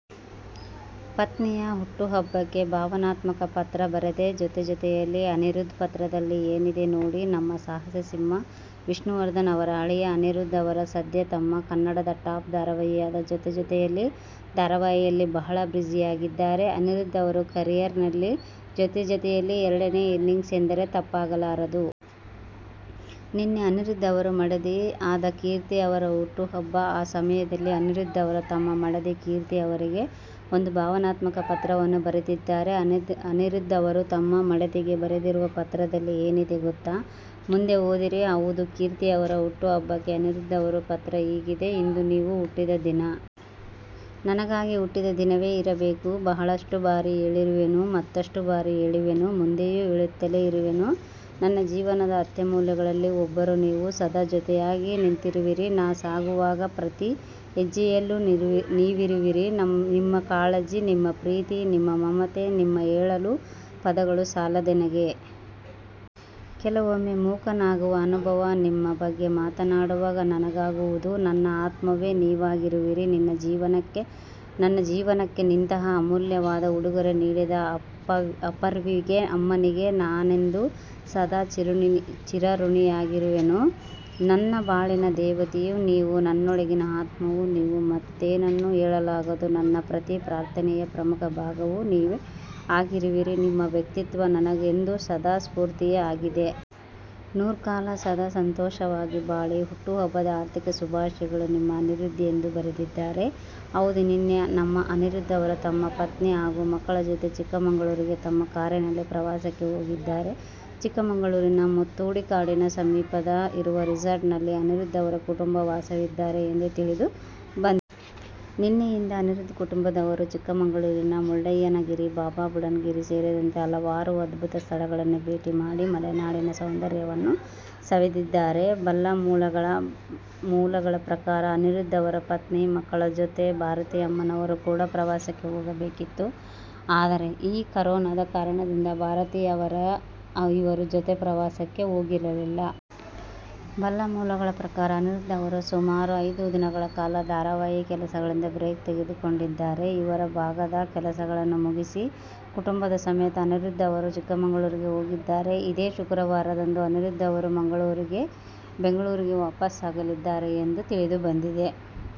ಪತ್ನಿಯ ಹುಟ್ಟು ಹಬ್ಬಕ್ಕೆ ಭಾವನಾತ್ಮಕ ಪತ್ರ ಬರೆದ ಜೊತೆಜೊತೆಯಲಿ ಅನಿರುಧ್. ಪತ್ರದಲ್ಲಿ ಏನಿದೆ ನೋಡಿ ನಮ್ಮ ಸಾಹಸ ಸಿಂಹ ವಿಷ್ಣುವರ್ಧನ್ ಅವರ ಅಳಿಯ ಅನಿರುಧ್ ಅವರು ಸದ್ಯ ತಮ್ಮ ಕನ್ನಡದ ಟಾಪ್ ದಾರಾವಾಹಿಯಾದ ಜೊತೆಜೊತೆಯಲಿ ಧಾರಾವಾಹಿ ಯಲ್ಲಿ ಬಹಳ ಬ್ಯುಸಿ ಆಗಿದ್ದಾರೆ. ಅನಿರುಧ್ ಅವರ ಕರಿಯರ್ ನಲ್ಲಿ ಜೊತೆಜೊತೆಯಲಿ ಎರಡನೇ ಇನ್ನಿಂಗ್ಸ್ ಎಂದರೆ ತಪ್ಪಾಗಲಾರದು. ನೆನ್ನೆ ಅನಿರುಧ್ ಅವರ ಮಡದಿ ಆದ ಕೀರ್ತಿ ಅವರ ಹುಟ್ಟು ಹಬ್ಬ. ಈ ಸಮಯದಲ್ಲಿ ಅನಿರುಧ್ ಅವರು ತಮ್ಮ ಮಡದಿ ಕೀರ್ತಿ ಅವರಿಗೆ ಒಂದು ಭಾವನಾತ್ಮಕ ಪತ್ರವನ್ನು ಬರೆದಿದ್ದಾರೆ. ಅನಿರುಧ್ ಅವರು ತಮ್ಮ ಮಡದಿಗೆ ಬರೆದಿರುವ ಪತ್ರದಲ್ಲಿ ಏನಿದೆ ಗೊತ್ತಾ! ಮುಂದೆ ಓದಿರಿ ಹೌದು, ಕೀರ್ತಿ ಅವರ ಹುಟ್ಟು ಹಬ್ಬಕ್ಕೆ ಅನಿರುಧ್ ಅವರು ಪತ್ರ ಹೀಗಿದೆ "ಇಂದು ನೀವು ಹುಟ್ಟಿದ ದಿನ. ನನಗಾಗಿ ಹುಟ್ಟಿದ ದಿನವೇ ಇರಬೇಕು. ಬಹಳಷ್ಟು ಬಾರಿ ಹೇಳಿರುವೆನು. ಮತ್ತಷ್ಟು ಬಾರಿ ಹೇಳುವೆನು. ಮುಂದೆಯೂ ಹೇಳುತ್ತಲೇ ಇರುವೆನು. ನನ್ನ ಜೀವನದ ಅತ್ಯಮೂಲ್ಯಗಳಲ್ಲಿ ಒಬ್ಬರು ನೀವು. ಸದಾ ಜೊತೆಯಾಗಿ ನಿಂತಿರುವಿರಿ. ನಾ ಸಾಗುವಾಗ ಪ್ರತಿ ಹೆಜ್ಜೆಯಲ್ಲಿಯೂ ನೀವಿರುವಿರಿ. ನಿಮ್ಮ ಕಾಳಜಿ, ನಿಮ್ಮ ಪ್ರೀತಿ, ನಿಮ್ಮ ಮಮತೆ, ನಿಮ್ಮ ಹೇಳಲು ಪದಗಳು ಸಾಲದೆನಗೆ. ಕೆಲವೊಮ್ಮೆ ಮೂಕನಾಗುವ ಅನುಭವ ನಿಮ್ಮ ಬಗ್ಗೆ ಮಾತನಾಡುವಾಗ ನನಗಾಗುವುದು. ನನ್ನ ಆತ್ಮವೇ ನೀವಾಗಿರುವಿರಿ. ನನ್ನ ಜೀವನಕ್ಕೆ ಇಂತಹ ಅತ್ಯಮೂಲ್ಯವಾದ ಉಡುಗೊರೆ ನೀಡಿದ ಅಪ್ಪಾವ್ರಿಗೆ, ಅಮ್ಮನಿಗೆ ನಾನೆಂದೂ ಸದಾ ಚಿರಋಣಿಯಾಗಿರುವೆನು. ನನ್ನ ಬಾಳಿನ ದೇವತೆಯೂ ನೀವು, ನನ್ನೊಳಗಿನ ಆತ್ಮವೂ ನೀವು, ಮತ್ತೇನನ್ನು ಹೇಳಲಾಗದು. ನನ್ನ ಪ್ರತಿ ಪ್ರಾರ್ಥನೆಯ ಪ್ರಮುಖ ಭಾಗವೂ ನೀವೆ ಆಗಿರುವಿರಿ, ನಿಮ್ಮ ವ್ಯಕ್ತಿತ್ವ ನನಗೆಂದೂ ಸದಾ ಸ್ಪೂರ್ತಿಯೇ ಆಗಿದೆ.. ನೂರ್ಕಾಲ ಸದಾ ಸಂತೋಷವಾಗಿ ಬಾಳಿ.. ಹುಟ್ಟು ಹಬ್ಬದ ಹಾರ್ದಿಕ ಶುಭಾಶಯಗಳು. ನಿಮ್ಮ ಅನಿರುಧ್ ಎಂದು ಬರೆದಿದ್ದಾರೆ. ಹೌದು ನೆನ್ನೆ ನಮ್ಮ ಅನಿರುಧ್ ಅವರು ತಮ್ಮ ಪತ್ನಿ, ಹಾಗು ಮಕ್ಕಳ ಜೊತೆ ಚಿಕ್ಕಮಗಳೂರಿಗೆ ತಮ್ಮ ಕಾರಿನಲ್ಲಿ ಪ್ರವಾಸಕ್ಕೆ ಹೋಗಿದ್ದಾರೆ. ಚಿಕ್ಕಮಗಳೂರಿನ ಮುತ್ತೋಡಿ ಕಾಡಿನ ಸಮೀಪ ಇರುವ ರೆಸಾರ್ಟ್ ನಲ್ಲಿ ಅನಿರುಧ್ ಅವರ ಕುಟುಂಬ ವಾಸವಿದ್ದಾರೆ ಎಂದು ತಿಳಿದು ಬಂದಿದೆ. ನೆನ್ನೆಯಿಂದ ಅನಿರುಧ್ ಕುಟುಂಬದವರು, ಚಿಕ್ಕಮಗಳೂರಿನ ಮುಳ್ಳಯ್ಯನಗಿರಿ, ಬಾಬಾ ಬುಡನ್ ಗಿರಿ ಸೇರಿದಂತೆ ಹಲವಾರು ಅದ್ಭುತ ಸ್ಥಳಗಳನ್ನು ಭೇಟಿ ಮಾಡಿ ಮಲೆನಾಡಿನ ಸೌಂದರ್ಯವನ್ನು ಸವಿದಿದ್ದಾರೆ. ಬಲ್ಲ ಮೂಲಗಳ ಪ್ರಕಾರ ಅನಿರುಧ್ ಅವರ ಪತ್ನಿ, ಮಕ್ಕಳ ಜೊತೆ, ಭಾರತಿ ಅಮ್ಮನವರು ಕೂಡ ಪ್ರವಾಸಕ್ಕೆ ಹೋಗಬೇಕಿತ್ತು. ಆದರೆ ಈ ಕರೋನದ ಕಾರಣದಿಂದ ಭಾರತಿ ಅವರು ಇವರ ಜೊತೆ ಪ್ರವಾಸಕ್ಕೆ ಹೋಗಲಿಲ್ಲ. ಬಲ್ಲ ಮೂಲಗಳ ಪ್ರಕಾರ ಅನಿರುಧ್ ಅವರು ಸುಮಾರು ಐದು ದಿನಗಳ ಕಾಲ ಧಾರಾವಾಹಿ ಕೆಲಸಗಳಿಂದ ಬ್ರೇಕ್ ತೆಗೆದು ಕೊಂಡಿದ್ದಾರೆ. ಇವರ ಭಾಗದ ಕೆಲಸಗಳನ್ನು ಮುಗಿಸಿ, ಕುಟುಂಬದ ಸಮೇತ ಅನಿರುಧ್ ಅವರು ಚಿಕ್ಕಮಗಳೂರಿಗೆ ಹೋಗಿದ್ದಾರೆ. ಇದೇ ಶುಕ್ರವಾರದಂದು ಅನಿರುಧ್ ಅವರು ಬೆಂಗಳೂರಿಗೆ ವಾಪಾಸ್ ಆಗಲಿದ್ದಾರೆ ಎಂದು ತಿಳಿದು ಬಂದಿದೆ.